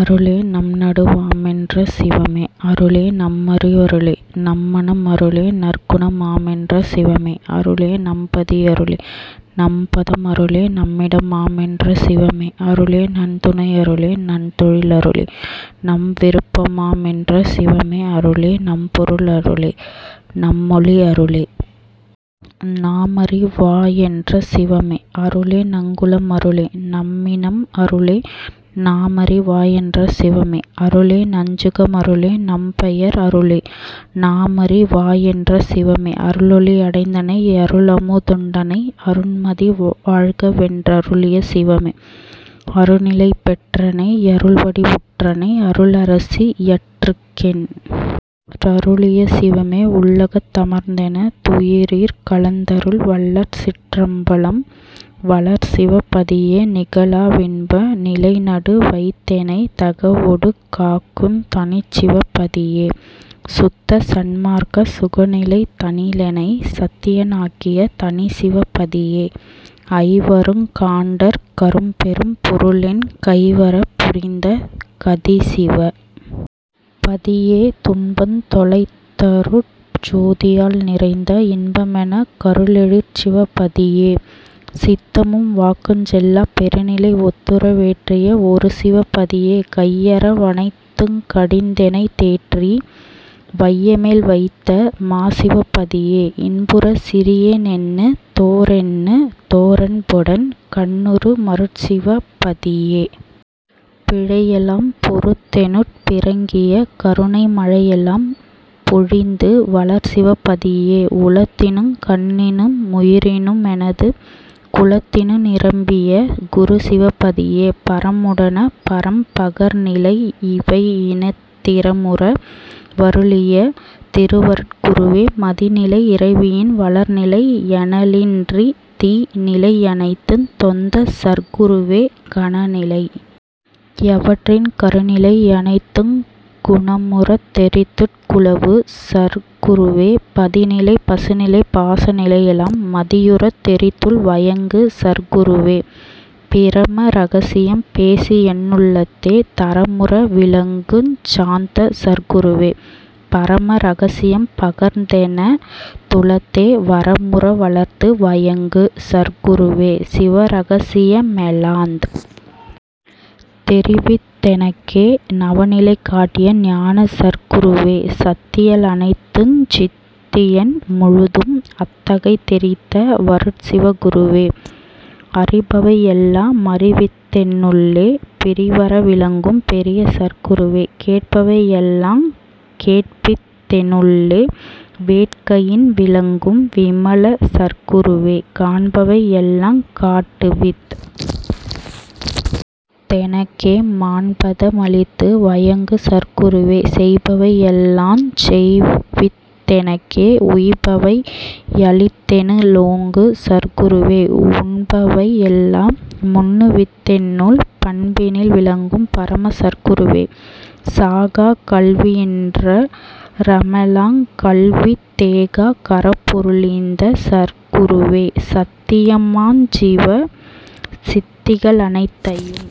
அருளே நம்நடு வாமென் றசிவமே அருளே நம்மறி வருளே நம்மனம் அருளே நங்குண மாமென் றசிவமே அருளே நம்பதி யருளே நம்பதம் அருளே நம்மிட மாமென் றசிவமே அருளே நந்துணை யருளே நந்தொழில் அருளே நம்விருப் பாமென் றசிவமே அருளே நம்பொரு ளருளே நம்மொளி அருளே நாமறி வாயென் றசிவமே அருளே நங்குல மருளே நம்மினம் அருளே நாமறி வாயென் றசிவமே அருளே நஞ்சுக மருளே நம்பெயர் அருளே நாமறி வாயென் றசிவமே அருளொளி யடைந்தனை யருளமு துண்டனை அருண்மதி வாழ்கவென் றருளிய சிவமே அருணிலை பெற்றனை யருள்வடி வுற்றனை அருளர சியற்றுகென் றருளிய சிவமே உள்ளகத் தமர்ந்தென துயிரிற் கலந்தருள் வள்ளல்சிற் றம்பலம் வளர்சிவ பதியே நிகாலா வின்ப நிலைநடு வைத்தெனைத் தகவொடு காக்குந் தனிச்சிவ பதியே சுத்தசன் மார்க்க சுகநிலை தனிலெனைத் சத்திய னாக்கிய தனிச்சிவ பதியே ஐவருங் காண்டற் கரும்பெரும் பொருளென் கைவரப் புரிந்த கதிசிவ பதியே துன்பந் தொலைத்தருட் ஜோதியால் நிறைந்த இன்ப மெனக்கரு ளெழிற்சிவ பதியே சித்தமும் வாக்குஞ் செல்லாப் பெருநிலை ஒத்துற வேற்றிய வொருசிவ பதியே கையற வனைத்துங் கடிந்தெனைத் தேற்றி வையமேல் வைத்த மாசிவ பதியே இன்புறச் சிறியே னெண்ணுதோ றெண்ணுதோ றன்பொடன் கண்ணுறு மருட்சிவ பதியே பிழையெலாம் பொறுத்தெனுட் பிறங்கிய கருணை மழையெலாம் பொழிந்து வளர்சிவ பதியே உளத்தினுங் கண்ணினு முயிரினு மெனது குளத்தினு நிரம்பிய குருசிவ பதியே பரமுட னபரம் பகர்நிலை யிவையினத் திரமுற வருளிய திருவருட் குருவே மதிநிலை யிரவியின் வளர்நிலை யனலின் றிதிநிலை யனைத்துந் தொந்தசற் குருவே கணநிலை யவற்றின் கருநிலை யனைத்துங் குணமுறத் தெரித்துட் குலவுசற் குருவே பதிநிலை பசுநிலை பாச நிலையெலாம் மதியுறத் தெரித்துள் வயங்குசற் குருவே பிரம ரகசியம் பேசியென் னுளத்தே தரமுற விளங்குஞ் சாந்தசற் குருவே பரம ரகசியம் பகர்ந்தென துளத்தே வரமுற வளர்த்து வயங்குசற் குருவே சிவரக சியமெலாந் தெரிவித் தெனக்கே நவநிலை காட்டிய ஞானசற் குருவே சத்திய லனைத்துஞ் சித்தியன் முழுதும் அத்தகை தெரித்த வருட்சிவ குருவே அறிபவை யெல்லா மறிவித்தென் னுள்ளே பிறிவற விளங்கும் பெரியசற் குருவே கேட்பவை யெல்லாங் கேட்பித் தெனுள்ளே வேட்கையின் விளங்கும் விமலசற் குருவே காண்பவை யெல்லாங் காட்டுவித் தெனக்கே மாண்பத மளித்து வயங்குசற் குருவே செய்பவை யெல்லாஞ் செய்வித் தெனக்கே உய்பவை யளித்தெனு ளோங்குசற் குருவே உண்பவை யெல்லா முண்ணுவித் தென்னுள் பண்பினில் விளங்கும் பரமசற் குருவே சாகாக் கல்வியின் றரமெலாங் கற்பித் தேகாக் கரப்பொரு ளீந்தசற் குருவே சத்திய மாஞ்சிவ சித்திக ளனைத்தையும்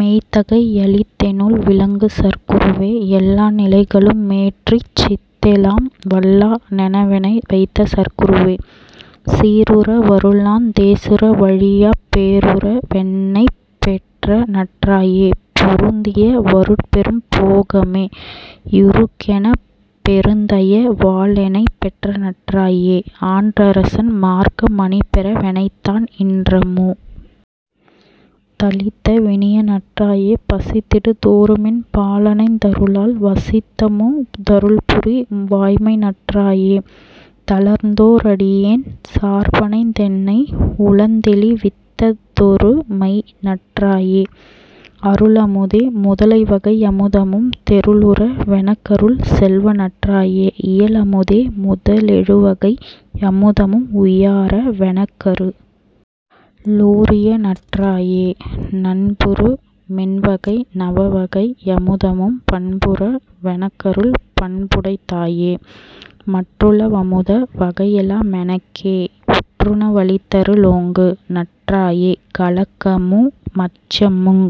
மெய்த்தகை யளித்தெனுள் விளங்குசற் குருவே எல்லா நிலைகளு மேற்றிச் சித்தெலாம் வல்லா னெனவெனை வைத்தசற் குருவே சீருற வருளாந் தேசுற வழியாப் பேருற வென்னைப் பெற்றநற் றாயே பொருந்திய வருட்பெரும் போகமே யுறுகெனப் பெருந்தய வாலெனைப் பெற்றநற் றாயே ஆன்றசன் மார்க்க மணிபெற வெனைத்தான் இன்றமு தளித்த வினியநற் றாயே பசித்திடு தோறுமென் பாலணைந் தருளால் வசித்தமு தருள்புரி வாய்மைந்ற் றாயே தளர்ந்தோ றடியேன் சார்பணைந் தென்னை உளந்தெளி வித்த வொருமைநற் றாயே அருளமு தேமுத லைவகை யமுதமும் தெருளுற வெனக்கருள் செல்வநற் றாயே இயலமு தேமுத லெழுவகை யமுதமும் உயாற வெனக்கரு ளுரியநற் றாயே நண்புறு மெண்வகை நவவகை யமுதமும் பண்புற வெனக்கருள் பண்புடைத் தாயே மற்றுள வமுத வகையெலா மெனக்கே உற்றுண வளித்தரு ளோங்குநற் றாயே கலக்கமு மச்சமுங்